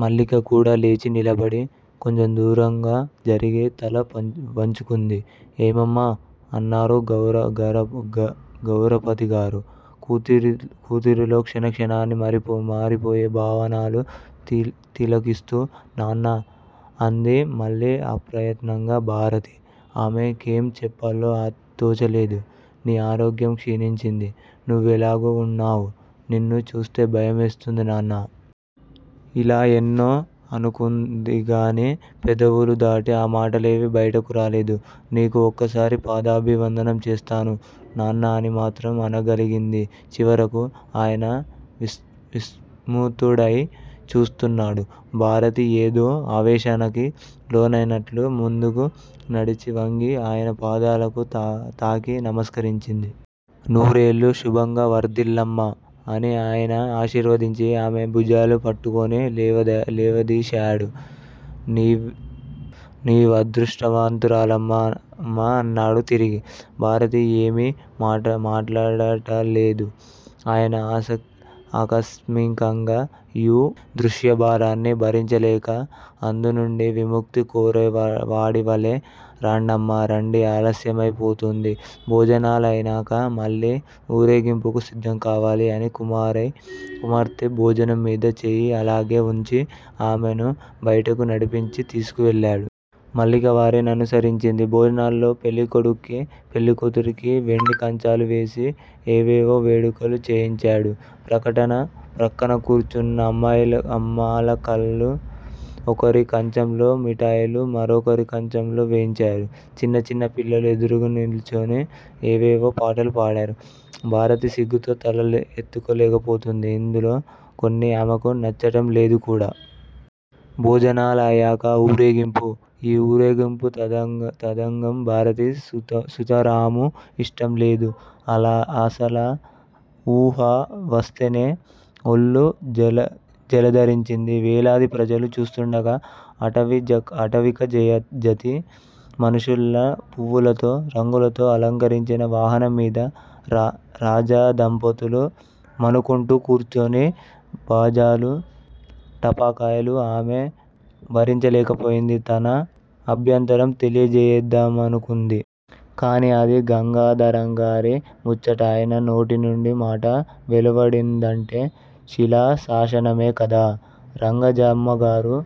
మల్లిక కూడా లేచి నిలబడి, కొంచెం దూరంగా జరిగి తల వంచుకుంది. ఏమమ్మా! అన్నారు గౌరీపతిగారు. కూతురిలో క్షణక్షణానికి మారిపోయే భావాలను తిలకిస్తూ. నాన్నా! అంది మళ్ళీ అప్రయత్నంగా భారతి. ఆమె కేం చెప్పాలో తోచలేదు. 'నీ ఆరోగ్యం క్షీణించింది. నువ్వెలాగో ఉన్నావు. నిన్ను చూస్తే భయమేస్తోంది, నాన్నా! ' ఇలా ఎన్నో అనుకుందిగాని పెదవులు దాటి ఆ మాటలేవీ బయటకు రాలేదు. నీకు ఒక్కసారి పాదాభివందనం చేస్తాను, నాన్నా అని మాత్రం అనగలిగింది చివరకు. ఆయన విస్మితుడై చూస్తున్నాడు. భారతి ఏదో ఆవేశానికి లోనైనట్లు ముందుకు నడిచి వంగి, ఆయన పాదాలను తాకి నమస్కరించింది. నూరేళ్ళు శుభంగా వర్ధిల్లమ్మా! అని ఆయన ఆశీర్వదించి, ఆమె భుజాలు పట్టుకుని లేవదీశాడు. నీవదృష్టవంతురాలివమ్మా అన్నాడు తిరిగి. భారతి ఏమీ మాట్లాడలేదు. ఆయన ఆకస్మికంగా యీ దృశ్యభారాన్ని భరించలేక, అందు నుండి విముక్తి కోరేవాడివలె రండమ్మా, రండి ఆలస్యమై పోతోంది. భోజనాలయినాక మళ్ళీ ఊరేగింపుకు సిద్ధం కావాలి అని కుమార్తె భుజంమీద చేయి అలానే వుంచి, ఆమెను బయటకు నడిపించి తీసుకువెళ్ళాడు. మల్లిక వారి ననుసరించింది. భోజనాలలో పెళ్ళికొడుక్కి, పెళ్ళికూతురికి వెండికంచాలు వేసి, ఏవేవో వేడుకలు చేయించాడు. ప్రక్కన కూర్చున్న అమ్మలక్కలు ఒకరి కంచంలోని మిటాయిలు మరొకరి కంచంలో వేయించారు. చిన్న చిన్న పిల్లలు ఎదురుగా నిల్చుని ఏవేవో పాటలు పాడారు. భారతి సిగ్గుతో తల ఎత్తలేకపోతూంది. ఇందులో కొన్ని ఆమెకు నచ్చటంలేదు కూడా. భోజాలయినాక ఊరేగింపు. యీ ఊరేగింపు తతంగం భారతికి సుతరామూ ఇష్టంలేదు. అసలా వూహ వస్తేనే ఒళ్ళు జలదరించింది. వేలాది ప్రజలు చూస్తూండగా, ఆటవికజాతి మనుషుల్లా పువ్వులతో, రంగులతో అలంకరించిన వాహనం మీద రాజదంపతుల మనుకుంటూ కూర్చుని బాజాలు, టపాకాయలు ఆమె భరించలేకపోయింది. తన అభ్యంతరం తెలియచేద్దామనుకుంది. కాని అది గంగాధరంగారి ముచ్చట ఆయన నోటి నుండి మాట వెలువడిందంటే శిలాశాసనమే కదా! రంగాజమ్మగారు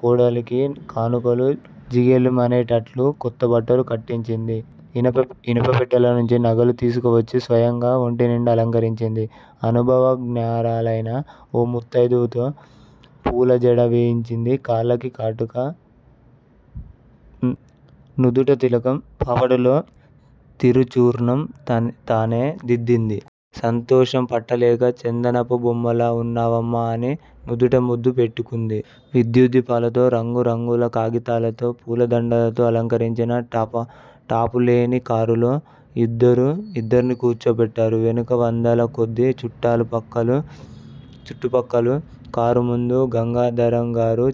కోడలికి కనులు జిగేలుమనేటట్లు కొత్తబట్టలు కట్టించింది. ఇనప్పెంట్టెలోంచి నగలు తీసుకువచ్చి స్వయంగా ఒంటినిండా అలంకరించింది. అనుభవజ్ఞరాలైన ఓ ముత్తైదువతో పూలజడ వేయించింది. కళ్ళకి కాటుక, నుదుట తిలకం, పాపటలో తిరుచూర్ణం తనే దిద్దింది. సంతోషం పట్టలేక చందనపు బొమ్మలా వున్నావమ్మా అని నుదుట ముద్దు పెట్టుకుంది. విద్యుద్దీపాలతో, రంగురంగుల కాగితాలతో పూలదండలతో అలంకరించిన టాపులేని కారులో యిద్దర్నీ కూర్చోపెట్టారు. వెనుక వందలకొద్దీ చుట్ట పక్కాలు. కారు ముందు గంగాధరంగారు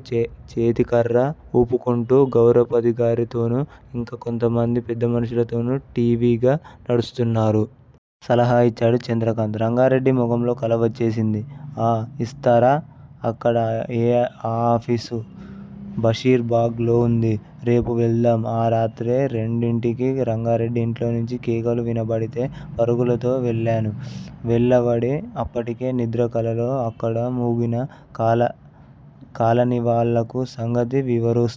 చేతికర్ర ఊపుకుంటూ, గౌరీపతిగారితోనూ. ఇంకా కొద్దిమంది పెద్దమనుషులతోనూ ఠీవిగా నడుస్తున్నారు. సలహా ఇచ్చాడు చంద్రకాంత్. రంగారెడ్డి మొఖంలో కల వచ్చేసింది. ఆ! ఇస్తారా? ఎక్కడ ఆ ఆఫీసు? బషీర్ బాగ్ లో ఉంది! రేపు వెళ్దాం ఆ రాత్రే రెండింటికి రంగారెడ్డి ఇంట్లో నుంచి కేకలు వినబడితే పరుగుతో వెళ్ళాను. వాళ్ళావిడ అప్పటికే నిద్రకళ్ళతో అక్కడ మూగిన కాలనీవాళ్ళకు సంగతి వివరిస్తోంది.